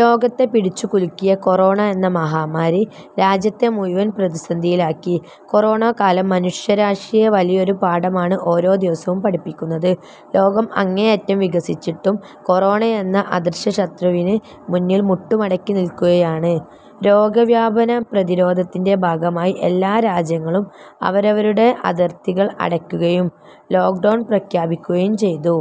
ലോകത്തെ പിടിച്ചുകുലുക്കിയ കൊറോണ എന്ന മഹാമാരി രാജ്യത്തെ മുഴുവനും പ്രതിസന്ധിയിലാക്കി. കൊറോണക്കാലം മനുഷ്യരാശിയെ വലിയൊരു പാഠമാണ് ഓരോ ദിവസവും പഠിപ്പിക്കുന്നത്. ലോകം അങ്ങേയറ്റം വികസിച്ചിട്ടും കൊറോണയെന്ന അദൃശ്യ ശത്രുവിന് മുന്നിൽ മുട്ടുമടക്കി നിൽക്കുകയാണ്. രോഗവ്യാപന പ്രതിരോധത്തിന്റെ ഭാഗമായി എല്ലാ രാജ്യങ്ങളും അവരവരുടെ അതിർത്തികൾ അടയ്ക്കുകയും ലോക്ഡൗൺ പ്രഖ്യാപിക്കുകയും ചെയ്തു.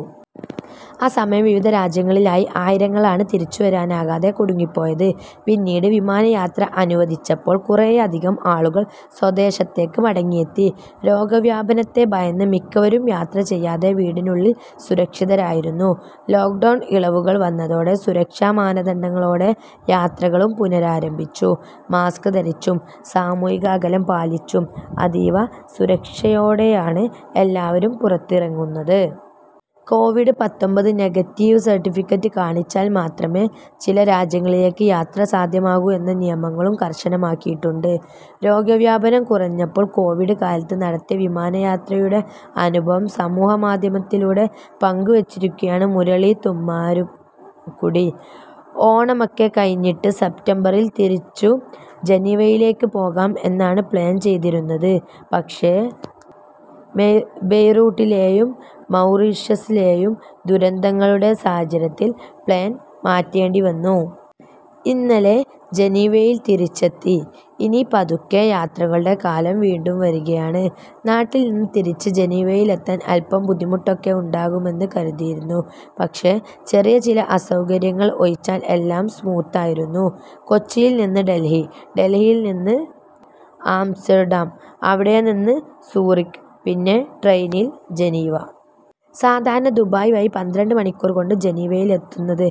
ആ സമയം വിവിധ രാജ്യങ്ങളിലായി ആയിരങ്ങളാണ് തിരിച്ചുവരാനാകാതെ കുടുങ്ങിപ്പോയത്. പിന്നീട് വിമാനയാത്ര അനുവദിച്ചപ്പോൾ കുറെയധികം ആളുകൾ സ്വദേശത്തേക്ക് മടങ്ങിയെത്തി. രോഗവ്യാപനത്തെ ഭയന്ന് മിക്കവരും യാത്ര പോകാതെ വീടിനുള്ളിൽ സുരക്ഷിതരായിരുന്നു. ലോക്ഡൗണിൽ ഇളവുകൾ വന്നതോടെ സുരക്ഷാ മാനദണ്ഡങ്ങളോടെ യാത്രകളും പുനരാരംഭിച്ചു. മാസ്ക് ധരിച്ചും സാമൂഹിക അകലം പാലിച്ചും അതീവ സുരക്ഷയോടെയാണ് എല്ലാവരും പുറത്തിറങ്ങുന്നത്. കോവിഡ് പത്തൊൻപത് നെഗറ്റീവ് സർട്ടിഫിക്കറ്റ് കാണിച്ചാൽ മാത്രമേ ചില രാജ്യങ്ങളിലേക്ക് യാത്ര സാധ്യമാകൂ എന്ന നിയമങ്ങളും കർശനമാക്കിയിട്ടുണ്ട്. രോഗവ്യാപനം കുറഞ്ഞപ്പോൾ കോവിഡ് കാലത്ത് നടത്തിയ വിമാനയാത്രയുടെ അനുഭവം സമൂഹമാധ്യമത്തിലൂടെ പങ്കുവച്ചിരിക്കുകയാണ് മുരളി തുമ്മാരുകുടി. ഓണമൊക്കെ കഴിഞ്ഞിട്ട് സെപ്റ്റംബറിൽ തിരിച്ചുജനീവയിലേക്ക് പോകാം എന്നാണ് പ്ലാൻ ചെയ്തിരുന്നത്. പക്ഷേ ബെയ്റൂട്ടിലെയും മൗറീഷ്യസിലെയും ദുരന്തങ്ങളുടെ സാഹചര്യത്തിൽ പ്ലാൻ മാറ്റേണ്ടിവന്നു. ഇന്നലെ ജനീവയിൽ തിരിച്ചെത്തി. ഇനി പതുക്കെ യാത്രകളുടെ കാലം വീണ്ടും വരികയാണ്. നാട്ടിൽനിന്ന് തിരിച്ച് ജനീവയിൽ എത്താൻ അല്പം ബുദ്ധിമുട്ടൊക്കെ ഉണ്ടാകുമെന്ന് കരുതിയിരുന്നു. പക്ഷേ ചെറിയ ചില അസൗകര്യങ്ങൾ ഒഴിച്ചാൽ എല്ലാം സ്മൂത്ത് ആയിരുന്നു. കൊച്ചിയിൽനിന്ന് ഡൽഹി, ഡൽഹിയിൽനിന്ന് ആംസ്റ്റർഡാം, അവിടെനിന്ന് സൂറിക്, പിന്നെ ട്രെയിനിൽ ജനീവ. സാധാരണ ദുബായ് വഴി പന്ത്രണ്ട് മണിക്കൂർകൊണ്ട് ജനീവയിൽ എത്തുന്നത്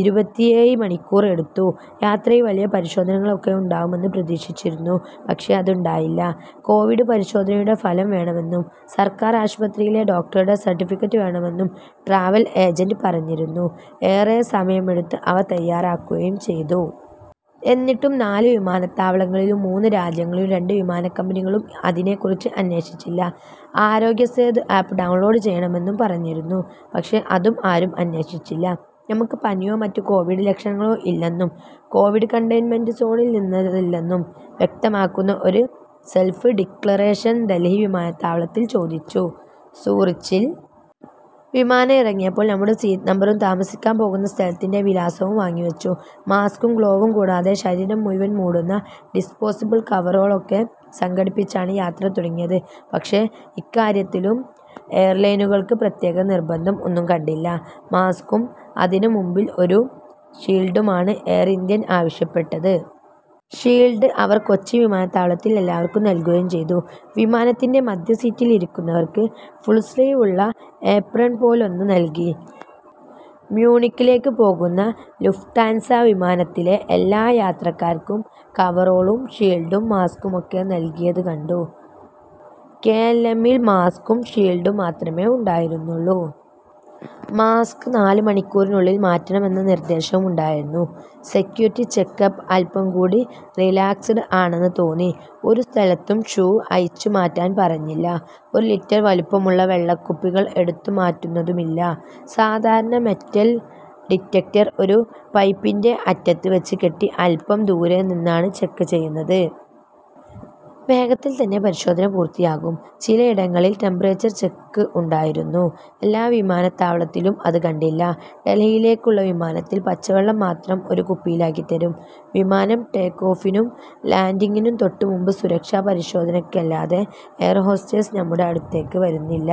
ഇരുപത്തിയേഴ് മണിക്കൂർ എടുത്തു. യാത്രയിൽ വലിയ പരിശോധനകൾ ഒക്കെ ഉണ്ടാകുമെന്ന് പ്രതീക്ഷിച്ചിരുന്നു. പക്ഷേ അതുണ്ടായില്ല. കോവിഡ് പരിശോധനയുടെ ഫലം വേണമെന്നും സർക്കാർ ആശുപത്രിയിലെ ഡോക്ടറുടെ സർട്ടിഫിക്കറ്റ് വേണമെന്നും ട്രാവൽ ഏജന്റ് പറഞ്ഞിരുന്നു. ഏറെ സമയം എടുത്ത് അവ തയാറാക്കുകയും ചെയ്തു. എന്നിട്ടും നാല് വിമാനത്താവളങ്ങളിലും മൂന്ന് രാജ്യങ്ങളിലും രണ്ട് വിമാനക്കമ്പനികളും അതിനെക്കുറിച്ച് അന്വേഷിച്ചില്ല. ആരോഗ്യ സേതു ആപ്പ് ഡൗൺലോഡ് ചെയ്യണമെന്നും പറഞ്ഞിരുന്നു. പക്ഷേ അതും ആരും അന്വേഷിച്ചില്ല. നമുക്ക് പനിയോ മറ്റ് കോവിഡ് ലക്ഷണങ്ങളോ ഇല്ലെന്നും കോവിഡ് കണ്ടെയ്ൻമെന്റ് സോണിൽനിന്നല്ലെന്നും വ്യക്തമാക്കുന്ന ഒരു സെൽഫ് ഡിക്ലറേഷൻ ഡൽഹി വിമാനത്താവളത്തിൽ ചോദിച്ചു. സൂറിച്ചിൽ വിമാനം ഇറങ്ങിയപ്പോൾ നമ്മുടെ സീറ്റ് നമ്പറും താമസിക്കാൻ പോകുന്ന സ്ഥലത്തിന്റെ വിലാസവും വാങ്ങിവച്ചു. മാസ്കും ഗ്ലോവും കൂടാതെ ശരീരം മുഴുവൻ മൂടുന്ന ഡിസ്പോസബിൾ കവറോൾ ഒക്കെ സംഘടിപ്പിച്ചാണ് യാത്ര തുടങ്ങിയത്. പക്ഷേ ഇക്കാര്യത്തിലും എയർലൈനുകൾക്ക് പ്രത്യേക നിർബന്ധം ഒന്നും കണ്ടില്ല. മാസ്കും അതിന് മുൻപിൽ ഒരു ഷീൽഡുമാണ് എയർ ഇന്ത്യ ആവശ്യപ്പെട്ടത്. ഷീൽഡ് അവർ കൊച്ചി വിമാനത്താവളത്തിൽ എല്ലാവർക്കും നൽകുകയും ചെയ്തു. വിമാനത്തിന്റെ മധ്യ സീറ്റിൽ ഇരിക്കുന്നവർക്ക് ഫുൾ സ്ലീവുള്ള ഏപ്രൺ പോലൊന്ന് നൽകി. മ്യൂണിക്കിലേക്ക് പോകുന്ന ലുഫ്താൻസ വിമാനത്തിലെ എല്ലാ യാത്രക്കാർക്കും കവറോളും ഷീൽഡും മാസ്കും ഒക്കെ നൽകിയത് കണ്ടു. കെ എൽ എമ്മിൽ മാസ്കും ഷീൽഡും മാത്രമേ ഉണ്ടായിരുന്നുള്ളൂ. മാസ്ക് നാല് മണിക്കൂറിനുള്ളിൽ മാറ്റണമെന്ന നിർദ്ദേശവും ഉണ്ടായിരുന്നു. സെക്യൂരിറ്റി ചെക്ക് അപ്പ് അല്പം കൂടി റിലാക്സ്ഡ് ആണെന്ന് തോന്നി. ഒരു സ്ഥലത്തും ഷൂസ് അഴിച്ചുമാറ്റാൻ പറഞ്ഞില്ല. ഒരു ലിറ്റർ വലുപ്പമുള്ള വെള്ളക്കുപ്പികൾ എടുത്തുമാറ്റുന്നതുമില്ല. സാധാരണ മെറ്റൽ ഡിറ്റക്ടർ ഒരു പൈപ്പിന്റെ അറ്റത്ത് വച്ച് കെട്ടി അല്പം ദൂരെ നിന്നാണ് ചെക്ക് ചെയ്യുന്നത്. വേഗത്തിൽ തന്നെ പരിശോധന പൂർത്തിയാകും. ചിലയിടങ്ങളിൽ ടെമ്പറേച്ചർ ചെക്ക് ഉണ്ടായിരുന്നു. എല്ലാ വിമാനത്താവളങ്ങളിലും അത് കണ്ടില്ല. ഡൽഹിയിലേക്കുള്ള വിമാനത്തിൽ പച്ചവെള്ളം മാത്രം ഒരു കുപ്പിയിലാക്കി തരും. വിമാനം ടേക്ക് ഓഫിനും ലാൻഡിങ്ങിനും തൊട്ടുമുമ്പ് സുരക്ഷാ പരിശോധനയ്ക്കല്ലാതെ എയർ ഹോസ്റ്റസ് നമ്മുടെ അടുത്തേക്ക് വരുന്നില്ല.